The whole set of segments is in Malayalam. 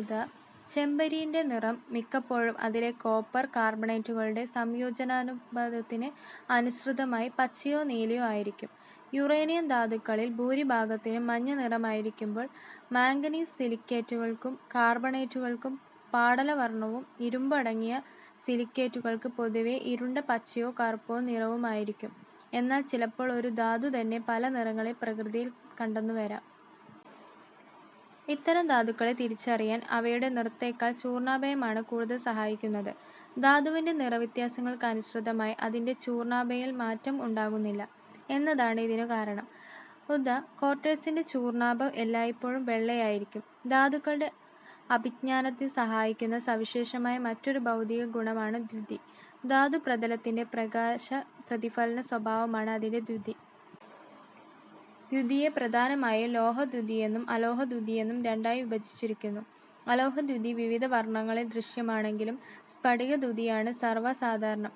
ഉദാ. ചെമ്പയിരിന്റെ നിറം മിക്കപ്പോഴും അതിലെ കോപ്പർ കാർബണേറ്റുകളുടെ സംയോജനാനുപാതത്തിന് അനുസൃതമായി പച്ചയോ നീലയോ ആയിരിക്കും. യുറേനിയം ധാതുക്കളിൽ ഭൂരിഭാഗത്തിനും മഞ്ഞനിറമായിരിക്കുമ്പോൾ മാംഗനീസ് സിലിക്കേറ്റുകൾക്കും കാർബണേറ്റുകൾക്കും പാടലവർണവും ഇരുമ്പടങ്ങിയ സിലിക്കേറ്റുകൾക്ക് പൊതുവേ ഇരുണ്ട പച്ചയോ കറുപ്പോ നിറവുമായിരിക്കും. എന്നാൽ ചിലപ്പോൾ ഒരു ധാതുതന്നെ പല നിറങ്ങളിൽ പ്രകൃതിയിൽ കണ്ടെന്നുവരാം. ഇത്തരം ധാതുക്കളെ തിരിച്ചറിയാൻ അവയുടെ നിറത്തെക്കാൾ ചൂർണാഭയമാണ് കൂടുതൽ സഹായിക്കുന്നത്. ധാതുവിന്റെ നിറവ്യത്യാസങ്ങൾക്കനുസൃതമായി അതിന്റെ ചൂർണാഭയിൽ മാറ്റം ഉണ്ടാകുന്നില്ല എന്നതാണ് ഇതിനു കാരണം. ഉദാ. ക്വാർട്ട്സിന്റെ ചൂർണാഭ എല്ലായ്പ്പോഴും വെള്ളയായിരിക്കും. ധാതുക്കളുടെ അഭിജ്ഞാനത്തെ സഹായിക്കുന്ന സവിശേഷമായ മറ്റൊരു ഭൌതിക ഗുണമാണ് ദ്യുതി. ധാതുപ്രതലത്തിന്റെ പ്രകാശ പ്രതിഫലന സ്വഭാവമാണ് അതിന്റെ ദ്യുതി. ദ്യുതിയെ പ്രധാനമായും ലോഹദ്യുതിയെന്നും അലോഹദ്യുതിയെന്നും രണ്ടായി വിഭജിച്ചിരിക്കുന്നു. അലോഹദ്യുതി വിവിധ വർണങ്ങളിൽ ദൃശ്യമാണെങ്കിലും സ്ഫടികദ്യുതിയാണ് സർവസാധാരണം.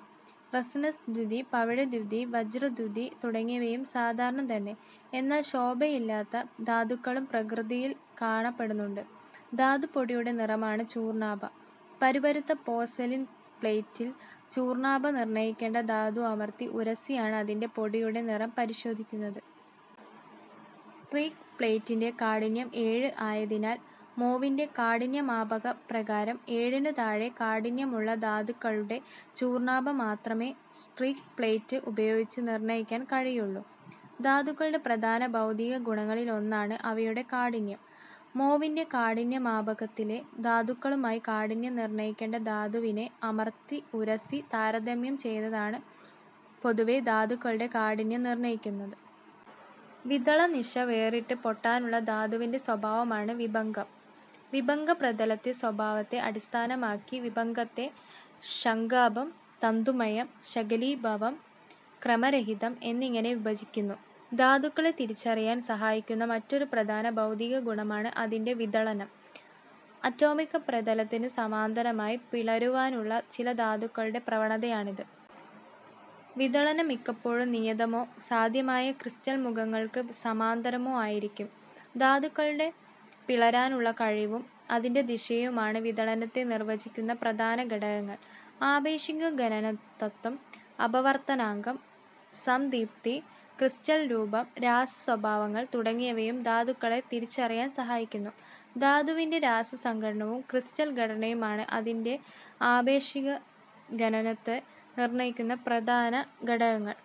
റെസിനസ് ദ്യുതി, പവിഴ ദ്യുതി, വജ്രദ്യുതി തുടങ്ങിയവയും സാധാരണംതന്നെ. എന്നാൽ ശോഭയില്ലാത്ത ധാതുക്കളും പ്രകൃതിയിൽ കാണപ്പെടുന്നുണ്ട്. ധാതുപൊടിയുടെ നിറമാണ് ചൂർണാഭ. പരുപരുത്ത പോർസെലിൻ പ്ലേറ്റിൽ ചൂർണാഭ നിർണയിക്കേണ്ട ധാതു അമർത്തി ഉരസിയാണ് അതിന്റെ പൊടിയുടെ നിറം പരിശോധിക്കുന്നത്. സ്ട്രീക്ക് പ്ലേറ്റിന്റെ കാഠിന്യം ഏഴ് ആയതിനാൽ മോവിന്റെ കാഠിന്യ മാപക പ്രകാരം ഏഴിനു താഴെ കാഠിന്യമുള്ള ധാതുക്കളുടെ ചൂർണാഭ മാത്രമേ സ്ട്രീക്ക് പ്ളേറ്റ് ഉപയോഗിച്ച് നിർണയിക്കാൻ കഴിയൂ. ധാതുക്കളുടെ പ്രധാന ഭൗതിക ഗുണങ്ങളിൽ ഒന്നാണ് അവയുടെ കാഠിന്യം. മോവിന്റെ കാഠിന്യ മാപകത്തിലെ ധാതുക്കളുമായി കാഠിന്യം നിർണയിക്കേണ്ട ധാതുവിനെ അമർത്തി ഉരസി താരതമ്യം ചെയ്തതാണ് പൊതുവേ ധാതുക്കളുടെ കാഠിന്യം നിർണയിക്കുന്നത്. വിദളനദിശ വേറിട്ട് പൊട്ടാനുള്ള ധാതുവിന്റെ സ്വഭാവമാണ് വിഭംഗം. വിഭംഗ പ്രതല സ്വഭാവത്തെ അടിസ്ഥാനമാക്കി വിഭംഗത്തെ ശംഖാഭം തന്തുമയം, ശകലീഭവം, ക്രമരഹിതം എന്നിങ്ങനെ വിഭജിക്കുന്നു. ധാതുക്കളെ തിരിച്ചറിയാൻ സഹായിക്കുന്ന മറ്റൊരു പ്രധാന ഭൗതിക ഗുണമാണ് അതിന്റെ വിദളനം. അറ്റോമിക പ്രതലത്തിന് സമാന്തരമായി പിളരുവാനുള്ള ചില ധാതുക്കളുടെ പ്രവണതയാണിത്. വിദളനം മിക്കപ്പോഴും നിയതമോ സാധ്യമായ ക്രിസ്റ്റൽ മുഖങ്ങൾക്ക് സമാന്തരമോ ആയിരിക്കും. ധാതുക്കളുടെ പിളരാനുള്ള കഴിവും അതിന്റെ ദിശയുമാണ് വിദളനത്തെ നിർവചിക്കുന്ന പ്രധാന ഘടകങ്ങൾ.. ആപേഷിക ഘനതത്വം, അപവർത്തനാങ്കം, സംദീപ്തി, ക്രിസ്റ്റൽ രൂപം, രാസസ്വഭാവങ്ങൾ തുടങ്ങിയവയും ധാതുക്കളെ തിരിച്ചറിയാൻ സഹായിക്കുന്നു. ധാതുവിന്റെ രാസസംഘടനവും ക്രിസ്റ്റൽ ഘടനയുമാണ് അതിന്റെ ആപേക്ഷിക ഘനനത്തെ നിർണയിക്കുന്ന പ്രധാന ഘടകങ്ങൾ.